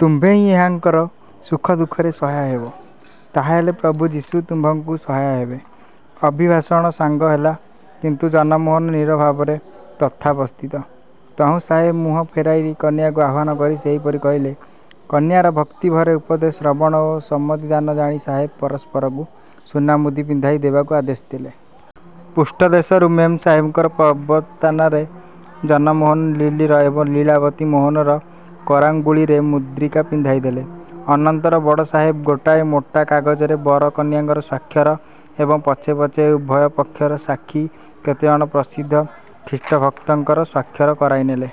ତୁମ୍ଭେ ହିଁ ଏହାଙ୍କର ସୁଖ ଦୁଃଖରେ ସହାୟ ହେବ। ତାହାହେଲେ ପ୍ରଭୁ ଯୀଶୁ ତୁମ୍ଭଙ୍କୁ ସହାୟ ହେବେ। ଅଭିଭାଷଣ ସାଙ୍ଗ ହେଲା, କିନ୍ତୁ ଜନମୋହନ ନୀରବଭାବରେ ତଥାବସ୍ଥିତ। ତହୁଁ ସାହେବ ମୁହଁ ଫେରାଇ କନ୍ୟାକୁ ଆହ୍ୱାନ କରି ସେହିପରି କହିଲେ। କନ୍ୟାର ଭକ୍ତିଭରେ ଉପଦେଶ ଶ୍ରବଣ ଓ ସମ୍ମତିଦାନ ଜାଣି ସାହେବ ପରସ୍ପରକୁ ସୁନାମୁଦି ପିନ୍ଧାଇ ଦେବାକୁ ଆଦେଶ ଦେଲେ। ପୃଷ୍ଠଦେଶରୁ ମେମ ସାହେବଙ୍କ ପ୍ରବର୍ତ୍ତନାରେ ଜନମୋହନ ଲିଲିର ଏବଂ ଲୀଳାବତୀ ମୋହନର କରାଙ୍ଗୁଳିରେ ମୁଦ୍ରିକା ପିନ୍ଧାଇଦେଲେ। ଅନନ୍ତର ବଡ଼ ସାହେବ ଗୋଟାଏ ମୋଟା କାଗଜରେ ବର କନ୍ୟାଙ୍କର ସ୍ୱାକ୍ଷର ଏବଂ ପଛେ ପଛେ ଉଭୟ ପକ୍ଷର ସାକ୍ଷୀ କେତେଜଣ ପ୍ରସିଦ୍ଧ ଖ୍ରୀଷ୍ଟଭକ୍ତଙ୍କର ସ୍ୱାକ୍ଷର କରାଇ ନେଲେ।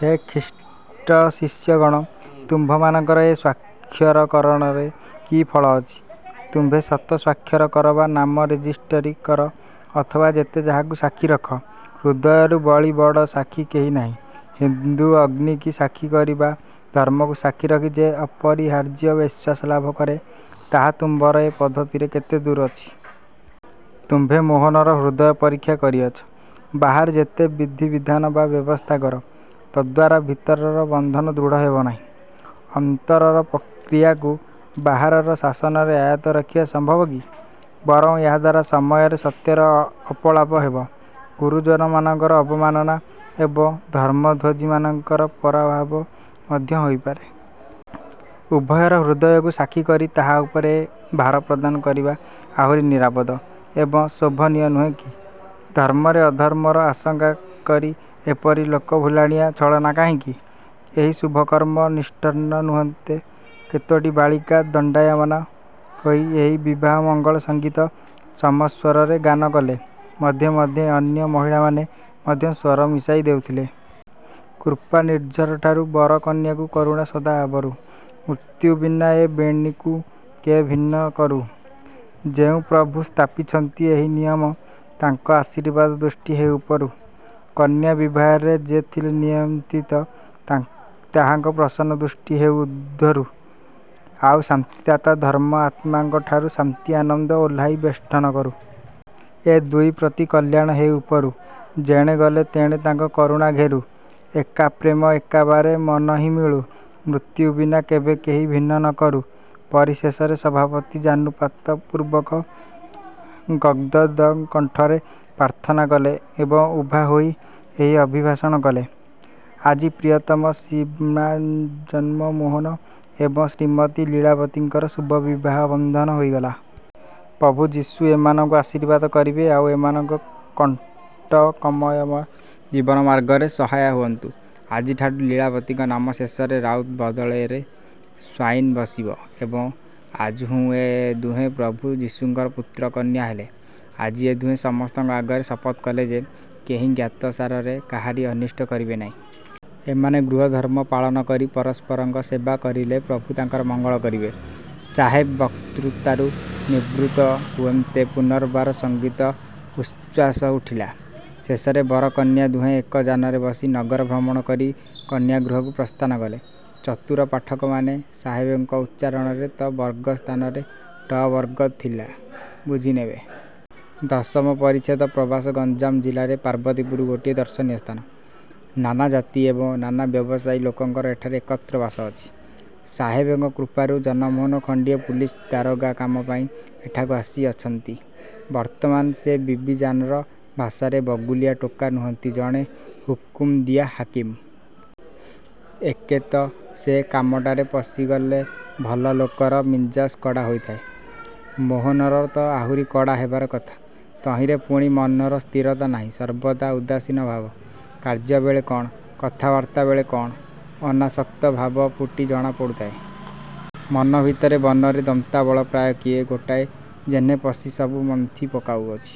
ହେ ଖ୍ରୀଷ୍ଟଶିଷ୍ୟଗଣ! ତୁମ୍ଭମାନଙ୍କର ଏ ସ୍ୱାକ୍ଷରକରଣରେ କି ଫଳ ଅଛି? ତୁମ୍ଭେ ଶତ ସ୍ୱାକ୍ଷର କର ବା ନାମ ରେଜିଷ୍ଟରୀ କର ଅଥବା ଯେତେ ଯାହାଙ୍କୁ ସାକ୍ଷୀ ରଖ, ହୃଦୟରୁ ବଳି ବଡ଼ ସାକ୍ଷୀ କେହି ନାହିଁ ହିନ୍ଦୁ ଅଗ୍ନି କି ସାକ୍ଷୀ କରି ବା ଧର୍ମକୁ ସାକ୍ଷୀ ରଖି ଯେ ଅପରିହାର୍ଯ୍ୟ ବିଶ୍ୱାସ ଲାଭ କରେ, ତାହା ତୁମ୍ଭର ଏ ପଦ୍ଧତିରେ କେତେଦୂର ଅଛି।? ତୁମ୍ଭେ ମୋହନର ହୃଦୟ ପରୀକ୍ଷା କରିଅଛ? ବାହାରେ ଯେତେ ବିଧିବିଧାନ ବା ବ୍ୟବସ୍ଥା କର, ତଦ୍ଦ୍ୱାରା ଭିତରର ବନ୍ଧନ ଦୃଢ଼ ହେବ ନାହିଁ। ଅନ୍ତରର କ୍ରିୟାକୁ ବାହାରର ଶାସନରେ ଆୟତ୍ତ ରଖିବା ସମ୍ଭବ କି? ବରଂ ଏହାଦ୍ୱାରା ସମୟରେ ସତ୍ୟର ଅପଳାପ ହେବ। ଗୁରୁଜନମାନଙ୍କର ଅବମାନନା ଏବଂ ଧର୍ମଧ୍ୱଜିମାନଙ୍କର ପରାଭବ ମଧ୍ୟ ହୋଇ ପାରେ। ଉଭୟର ହୃଦୟକୁ ସାକ୍ଷୀ କରି ତାହା ଉପରେ ଏ ଭାର ପ୍ରଦାନ କରିବା ଆହୁରି ନିରାପଦ ଏବଂ ଶୋଭନୀୟ ନୁହେଁ କି? ଧର୍ମରେ ଅଧର୍ମର ଆଶଙ୍କା କରି ଏପରି ଲୋକଭୁଲାଣିଆ ଛଳନା କାହିଁକି? ଏହି ଶୁଭକର୍ମ ନିଷ୍ପନ୍ନ ହୁଅନ୍ତେ କେତୋଟି ବାଳିକା ଦଣ୍ଡାୟମାନା ହୋଇ ଏହି ବିବାହମଙ୍ଗଳସଙ୍ଗୀତ ସମସ୍ୱରରେ ଗାନ କଲେ, ମଧ୍ୟେ ମଧ୍ୟେ ଅନ୍ୟ ମହିଳାମାନେ ମଧ୍ୟ ସ୍ୱର ମିଶାଇ ଦେଉଥିଲେ। କୃପାନିର୍ଝରଠାରୁ। ବର କନ୍ୟାଙ୍କୁ କରୁଣା ସଦା ଆବରୁ। ମୃତ୍ୟୁ ବିନା ଏ ବେନିଙ୍କୁ କେ ଭିନ୍ନ ନ କରୁ। ଯେଉଁ ପ୍ରଭୁ ସ୍ଥାପିଛନ୍ତି ଏହି ନିୟମ, ତାଙ୍କ ଆଶୀର୍ବାଦଦୃଷ୍ଟି ହେଉ ଉପରୁ। କନ୍ୟା ବିବାହରେ ଯେ ଥିଲେ ନିମନ୍ତ୍ରିତ, ତାହାଙ୍କ ପ୍ରସନ୍ନଦୃଷ୍ଟି ହେଉ ଊର୍ଦ୍ଧ୍ୱରୁ। ଆଉ ଶାନ୍ତି ଦାତା ଧର୍ମ-ଆତ୍ମାଙ୍କଠାରୁ ଶାନ୍ତି ଆନନ୍ଦ ଓହ୍ଲାଇ ବେଷ୍ଟନ କରୁ। ଏ ଦୁଇ ପ୍ରତି କଲ୍ୟାଣ ହେଉ ଉପରୁ, ଯେଣେ ଗଲେ ତେଣେ ତାଙ୍କ କରୁଣା ଘେରୁ। ଏକାପ୍ରେମେ ଏକବାରେ ମନହିଁ ମିଳୁ, ମୃତ୍ୟୁ ବିନା କେବେ କେହି ଭିନ୍ନ ନକରୁ। ପରିଶେଷରେ ସଭାପତି ଜାନୁପାତପୂର୍ବକ ଗଦ୍ଗଦକଣ୍ଠରେ ପ୍ରାର୍ଥନା କଲେ ଏବଂ ଉଭା ହୋଇ ଏହି ଅଭିଭାଷଣ କଲେ- ''ଆଜି ପ୍ରିୟତମ ଶ୍ରୀମାନ୍ଜନମୋହନ ଏବଂ ଶ୍ରୀମତୀ ଲୀଳାବତୀଙ୍କର ଶୁଭବିବାହବନ୍ଧନ ହୋଇଗଲା। ପ୍ରଭୁ ଯୀଶୁ ଏମାନଙ୍କୁ ଆଶୀର୍ବାଦ କରିବେ ଆଉ ଏମାନଙ୍କ କଣ୍ଟକମୟ ଜୀବନମାର୍ଗରେ ସହାୟ ହୁଅନ୍ତୁ। ଆଜିଠାରୁ ଲୀଳାବତୀଙ୍କ ନାମ ଶେଷରେ ରାଉତ ବଦଳରେ ସ୍ୱାଇନ୍ ବସିବ ଏବଂ ଆଜହୁଁ ଏ ଦୁହେଁ ପ୍ରଭୁ ଯୀଶୁଙ୍କର ପୁତ୍ର କନ୍ୟା ହେଲେ। ଆଜି ଏ ଦୁହେଁ ସମସ୍ତଙ୍କ ଆଗରେ ଶପଥ କଲେ ଯେ, କେହି ଜ୍ଞାତସାରରେ କାହାରି ଅନିଷ୍ଟ କରିବେ ନାହିଁ। ଏମାନେ ଗୃହଧର୍ମ ପାଳନ କରି ପରସ୍ପରଙ୍କ ସେବା କରିଲେ ପ୍ରଭୁ ତାଙ୍କର ମଙ୍ଗଳ କରିବେ। '' ସାହେବ ବକ୍ତୃତାରୁ ନିବୃତ୍ତ ହୁଅନ୍ତେ ପୁନର୍ବାର ସଙ୍ଗୀତ-ଉଚ୍ଛ୍ୱାସ ଉଠିଲା। ଶେଷରେ ବର-କନ୍ୟା ଦୁହେଁ ଏକ ଯାନରେ ବସି ନଗର ଭ୍ରମଣ କରି କନ୍ୟା ଗୃହକୁ ପ୍ରସ୍ଥାନ କଲେ। ଚତୁର ପାଠକମାନେ- ସାହେବଙ୍କ ଉଚ୍ଚାରଣରେ ତ ବର୍ଗ ସ୍ଥାନରେ ଟ ବର୍ଗ ଥିଲା ବୁଝିନେବେ। ଦଶମ ପରିଚ୍ଛେଦ ପ୍ରବାସ ଗଞ୍ଜାମ ଜିଲ୍ଲାରେ ପାର୍ବତୀପୁର ଗୋଟିଏ ଦର୍ଶନୀୟ ସ୍ଥାନ। ନାନା ଜାତି ଏବଂ ନାନା ବ୍ୟବସାୟୀ ଲୋକଙ୍କର ଏଠାରେ ଏକତ୍ର ବାସ ଅଛି। ସାହେବଙ୍କ କୃପାରୁ ଜନମୋହନ ଖଣ୍ତିଏ ପୁଲିସ ଦାରୋଗା କାମ ପାଇ ଏଠାକୁ ଆସିଅଛନ୍ତି। ବର୍ତ୍ତମାନ ସେ ବିବିଜାନର ଭାଷାରେ ବଗୁଲିଆ ଟୋକା ନୁହନ୍ତି ଜଣେ ହୁକୁମଦିଆ ହାକିମ। ଏକେ ତ ସେ କାମଟାରେ ପଶିଗଲେ ଭଲ ଲୋକର ମିଞ୍ଜାସ କଡ଼ା ହୋଇଥାଏ। ମୋହନର ତ ଆହୁରି କଡ଼ା ହେବାର କଥା। ତହିଁରେ ପୁଣି ମନର ସ୍ଥିରତା ନାହିଁ ସର୍ବଦା ଉଦାସୀନ ଭାବ। କାର୍ଯ୍ୟବେଳେ କଣ, କଥାବାର୍ତ୍ତା ବେଳେ କଣ, ଅନାସକ୍ତ ଭାବ ଫୁଟି ଜଣା ପଡ଼ୁଥାଏ। ମନଭିତରେ ବନରେ ଦନ୍ତାବଳ ପ୍ରାୟ କିଏ ଗୋଟାଏ ଯେହ୍ନେ ପଶି ସବୁ ମନ୍ଥି ପକାଉଅଛି।